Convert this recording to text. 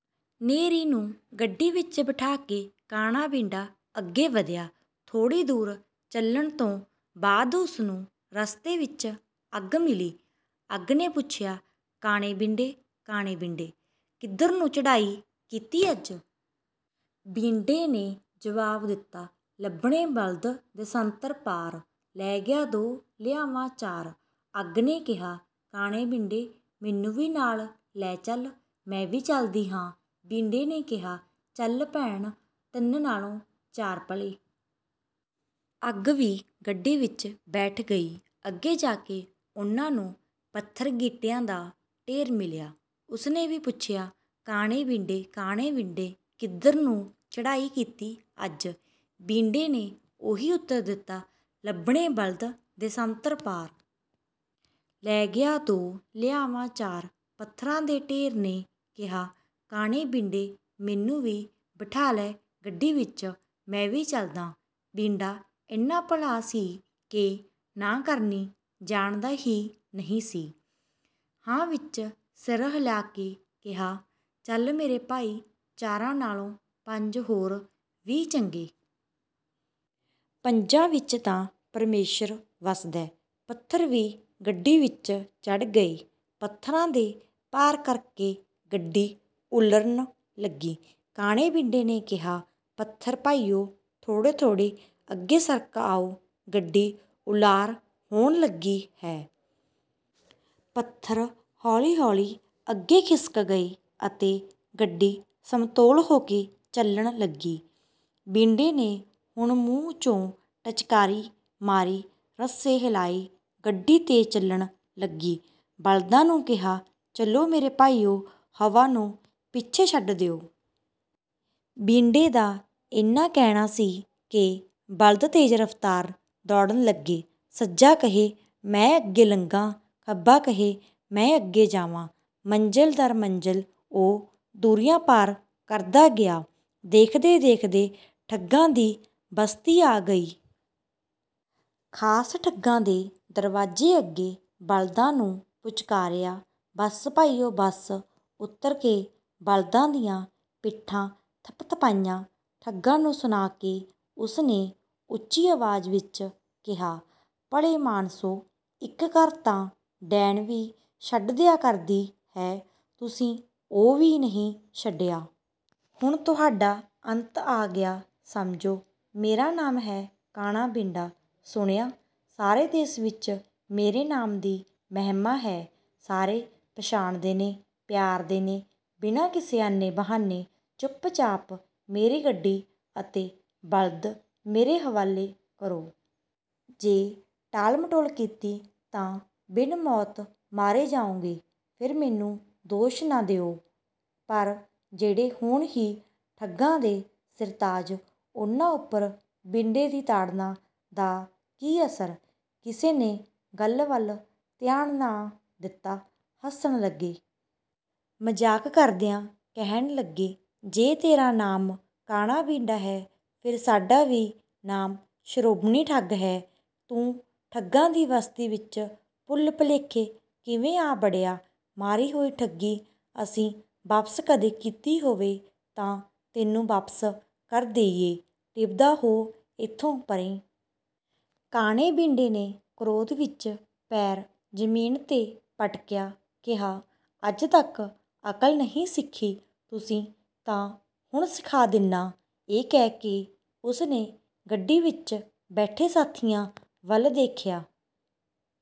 ਨ੍ਹੇਰੀ ਨੂੰ ਗੱਡੀ ਵਿੱਚ ਬਿਠਾ ਕੇ ਕਾਣਾ ਬੀਂਡਾ ਅੱਗੇ ਵਧਿਆ। ਥੋੜ੍ਹੀ ਦੂਰ ਚੱਲਣ ਤੋਂ ਬਾਅਦ ਉਸ ਨੂੰ ਰਸਤੇ ਵਿੱਚ 'ਅੱਗ' ਮਿਲੀ। ਅੱਗ ਨੇ ਪੁੱਛਿਆ, "ਕਾਣੇ ਬੀਂਡੇ, ਕਾਣੇ ਬੀਂਡੇ! ਕਿੱਧਰ ਨੂੰ ਚੜ੍ਹਾਈ ਕੀਤੀ ਅੱਜ?" ਬੀਂਡੇ ਨੇ ਜਵਾਬ ਦਿੱਤਾ, "ਲੱਭਣੇ ਬਲਦ ਦੇਸਾਂਤਰ ਪਾਰ। ਲੈ ਗਿਆ ਦੋ, ਲਿਆਵਾਂ ਚਾਰ॥" ਅੱਗ ਨੇ ਕਿਹਾ, "ਕਾਣੇ ਬੀਂਡੇ, ਮੈਨੂੰ ਵੀ ਨਾਲ ਲੈ ਚੱਲ, ਮੈਂ ਵੀ ਚੱਲਦੀ ਹਾਂ!" ਬੀਂਡੇ ਨੇ ਕਿਹਾ, "ਚੱਲ ਭੈਣ, ਤਿੰਨ ਨਾਲੋਂ ਚਾਰ ਭਲੇ।" ਅੱਗ ਵੀ ਗੱਡੀ ਵਿੱਚ ਬੈਠ ਗਈ। ਅੱਗੇ ਜਾ ਕੇ ਉਹਨਾਂ ਨੂੰ ਪੱਥਰ-ਗੀਟਿਆਂ ਦਾ ਢੇਰ ਮਿਲਿਆ। ਉਸ ਨੇ ਵੀ ਪੁੱਛਿਆ, "ਕਾਣੇ ਬੀਂਡੇ, ਕਾਣੇ ਬੀਂਡੇ! ਕਿੱਧਰ ਨੂੰ ਚੜ੍ਹਾਈ ਕੀਤੀ ਅੱਜ?" ਬੀਂਡੇ ਨੇ ਉਹੀ ਉੱਤਰ ਦਿੱਤਾ, "ਲੱਭਣੇ ਬਲਦ ਦੇਸਾਂਤਰ ਪਾਰ। ਲੈ ਗਿਆ ਦੋ, ਲਿਆਵਾਂ ਚਾਰ॥" ਪੱਥਰਾਂ ਦੇ ਢੇਰ ਨੇ ਕਿਹਾ, "ਕਾਣੇ ਬੀਂਡੇ, ਮੈਨੂੰ ਵੀ ਬਿਠਾ ਲੈ ਗੱਡੀ ਵਿੱਚ, ਮੈਂ ਵੀ ਚੱਲਦਾਂ!" ਬੀਂਡਾ ਇੰਨਾ ਭਲਾ ਸੀ ਕਿ ਨਾਂਹ ਕਰਨੀ ਜਾਣਦਾ ਹੀ ਨਹੀਂ ਸੀ। ਹਾਂ ਵਿੱਚ ਸਿਰ ਹਿਲਾ ਕੇ ਕਿਹਾ, "ਚੱਲ ਮੇਰੇ ਭਾਈ, ਚਾਰਾਂ ਨਾਲੋਂ ਪੰਜ ਹੋਰ ਵੀ ਚੰਗੇ। ਪੰਜਾਂ ਵਿੱਚ ਤਾਂ ਪਰਮੇਸ਼ਰ ਵਸਦੈ।" ਪੱਥਰ ਵੀ ਗੱਡੀ ਵਿੱਚ ਚੜ੍ਹ ਗਏ। ਪੱਥਰਾਂ ਦੇ ਭਾਰ ਕਰਕੇ ਗੱਡੀ ਉਲਰਨ ਲੱਗੀ। ਕਾਣੇ ਬੀਂਡੇ ਨੇ ਕਿਹਾ, "ਪੱਥਰ ਭਾਈਓ, ਥੋੜ੍ਹੇ-ਥੋੜ੍ਹੇ ਅੱਗੇ ਸਰਕ ਆਓ, ਗੱਡੀ ਉਲਾਰ ਹੋਣ ਲੱਗੀ ਹੈ।" ਪੱਥਰ ਹੌਲੀ-ਹੌਲੀ ਅੱਗੇ ਖਿਸਕ ਗਏ ਅਤੇ ਗੱਡੀ ਸਮਤੋਲ ਹੋ ਕੇ ਚੱਲਣ ਲੱਗੀ। ਬੀਂਡੇ ਨੇ ਹੁਣ ਮੂੰਹ 'ਚੋਂ ਟਚਕਾਰੀ ਮਾਰੀ, ਰੱਸੇ ਹਿਲਾਏ, ਗੱਡੀ ਤੇਜ਼ ਚੱਲਣ ਲੱਗੀ। ਬਲਦਾਂ ਨੂੰ ਕਿਹਾ, "ਚਲੋ ਮੇਰੇ ਭਾਈਓ, ਹਵਾ ਨੂੰ ਪਿੱਛੇ ਛੱਡ ਦਿਓ!" ਬੀਂਡੇ ਦਾ ਇੰਨਾ ਕਹਿਣਾ ਸੀ ਕਿ ਬਲਦ ਤੇਜ਼ ਰਫ਼ਤਾਰ ਦੌੜਨ ਲੱਗੇ, ਸੱਜਾ ਕਹੇ 'ਮੈਂ ਅੱਗੇ ਲੰਘਾਂ', ਖੱਬਾ ਕਹੇ 'ਮੈਂ ਅੱਗੇ ਜਾਵਾਂ'। ਮੰਜ਼ਿਲ ਦਰ ਮੰਜ਼ਿਲ ਉਹ ਦੂਰੀਆਂ ਪਾਰ ਕਰਦਾ ਗਿਆ। ਦੇਖਦੇ-ਦੇਖਦੇ ਠੱਗਾਂ ਦੀ ਬਸਤੀ ਆ ਗਈ। ਖ਼ਾਸ ਠੱਗਾਂ ਦੇ ਦਰਵਾਜ਼ੇ ਅੱਗੇ ਬਲਦਾਂ ਨੂੰ ਪੁਚਕਾਰਿਆ, "ਬੱਸ ਭਾਈਓ, ਬੱਸ।" ਉੱਤਰ ਕੇ ਬਲਦਾਂ ਦੀਆਂ ਪਿੱਠਾਂ ਥਪਥਪਾਈਆਂ। ਠੱਗਾਂ ਨੂੰ ਸੁਣਾ ਕੇ ਉਸ ਨੇ ਉੱਚੀ ਆਵਾਜ਼ ਵਿੱਚ ਕਿਹਾ, "ਭਲੇ ਮਾਣਸੋ, ਇੱਕ ਘਰ ਤਾਂ ਡੈਣ ਵੀ ਛੱਡ ਦਿਆ ਕਰਦੀ ਹੈ, ਤੁਸੀਂ ਉਹ ਵੀ ਨਹੀਂ ਛੱਡਿਆ! ਹੁਣ ਤੁਹਾਡਾ ਅੰਤ ਆ ਗਿਆ ਸਮਝੋ। ਮੇਰਾ ਨਾਮ ਹੈ ਕਾਣਾ ਬੀਂਡਾ, ਸੁਣਿਆ? ਸਾਰੇ ਦੇਸ ਵਿੱਚ ਮੇਰੇ ਨਾਮ ਦੀ ਮਹਿਮਾ ਹੈ, ਸਾਰੇ ਪਛਾਣਦੇ ਨੇ, ਪਿਆਰਦੇ ਨੇ। ਬਿਨਾਂ ਕਿਸੇ ਆਨੇ-ਬਹਾਨੇ, ਚੁੱਪ-ਚਾਪ ਮੇਰੀ ਗੱਡੀ ਅਤੇ ਬਲਦ ਮੇਰੇ ਹਵਾਲੇ ਕਰੋ। ਜੇ ਟਾਲਮਟੋਲ ਕੀਤੀ ਤਾਂ ਬਿਨ ਮੌਤ ਮਾਰੇ ਜਾਓਗੇ, ਫਿਰ ਮੈਨੂੰ ਦੋਸ਼ ਨਾ ਦੇਇਓ!" ਪਰ ਜਿਹੜੇ ਹੋਣ ਹੀ ਠੱਗਾਂ ਦੇ ਸਿਰਤਾਜ, ਉਹਨਾਂ ਉੱਪਰ ਬੀਂਡੇ ਦੀ ਤਾੜਨਾ ਦਾ ਕੀ ਅਸਰ? ਕਿਸੇ ਨੇ ਗੱਲ ਵੱਲ ਧਿਆਨ ਨਾ ਦਿੱਤਾ, ਹੱਸਣ ਲੱਗੇ। ਮਜ਼ਾਕ ਕਰਦਿਆਂ ਕਹਿਣ ਲੱਗੇ, "ਜੇ ਤੇਰਾ ਨਾਮ ਕਾਣਾ ਬੀਂਡਾ ਹੈ, ਫਿਰ ਸਾਡਾ ਵੀ ਨਾਮ ਸ਼੍ਰੋਮਣੀ ਠੱਗ ਹੈ! ਤੂੰ ਠੱਗਾਂ ਦੀ ਬਸਤੀ ਵਿੱਚ ਭੁੱਲ-ਭੁਲੇਖੇ ਕਿਵੇਂ ਆ ਵੜਿਆ? ਮਾਰੀ ਹੋਈ ਠੱਗੀ ਅਸੀਂ ਵਾਪਸ ਕਦੇ ਕੀਤੀ ਹੋਵੇ ਤਾਂ ਤੈਨੂੰ ਵਾਪਸ ਕਰ ਦੇਈਏ, ਟਿਭਦਾ ਹੋ ਇੱਥੋਂ ਪਰ੍ਹੇ!" ਕਾਣੇ ਬੀਂਡੇ ਨੇ ਕ੍ਰੋਧ ਵਿੱਚ ਪੈਰ ਜ਼ਮੀਨ 'ਤੇ ਪਟਕਿਆ, ਕਿਹਾ, "ਅੱਜ ਤੱਕ ਅਕਲ ਨਹੀਂ ਸਿੱਖੀ ਤੁਸੀਂ ਤਾਂ ਹੁਣ ਸਿਖਾ ਦਿੰਨਾ।" ਇਹ ਕਹਿ ਕੇ ਉਸ ਨੇ ਗੱਡੀ ਵਿੱਚ ਬੈਠੇ ਸਾਥੀਆਂ ਵੱਲ ਦੇਖਿਆ।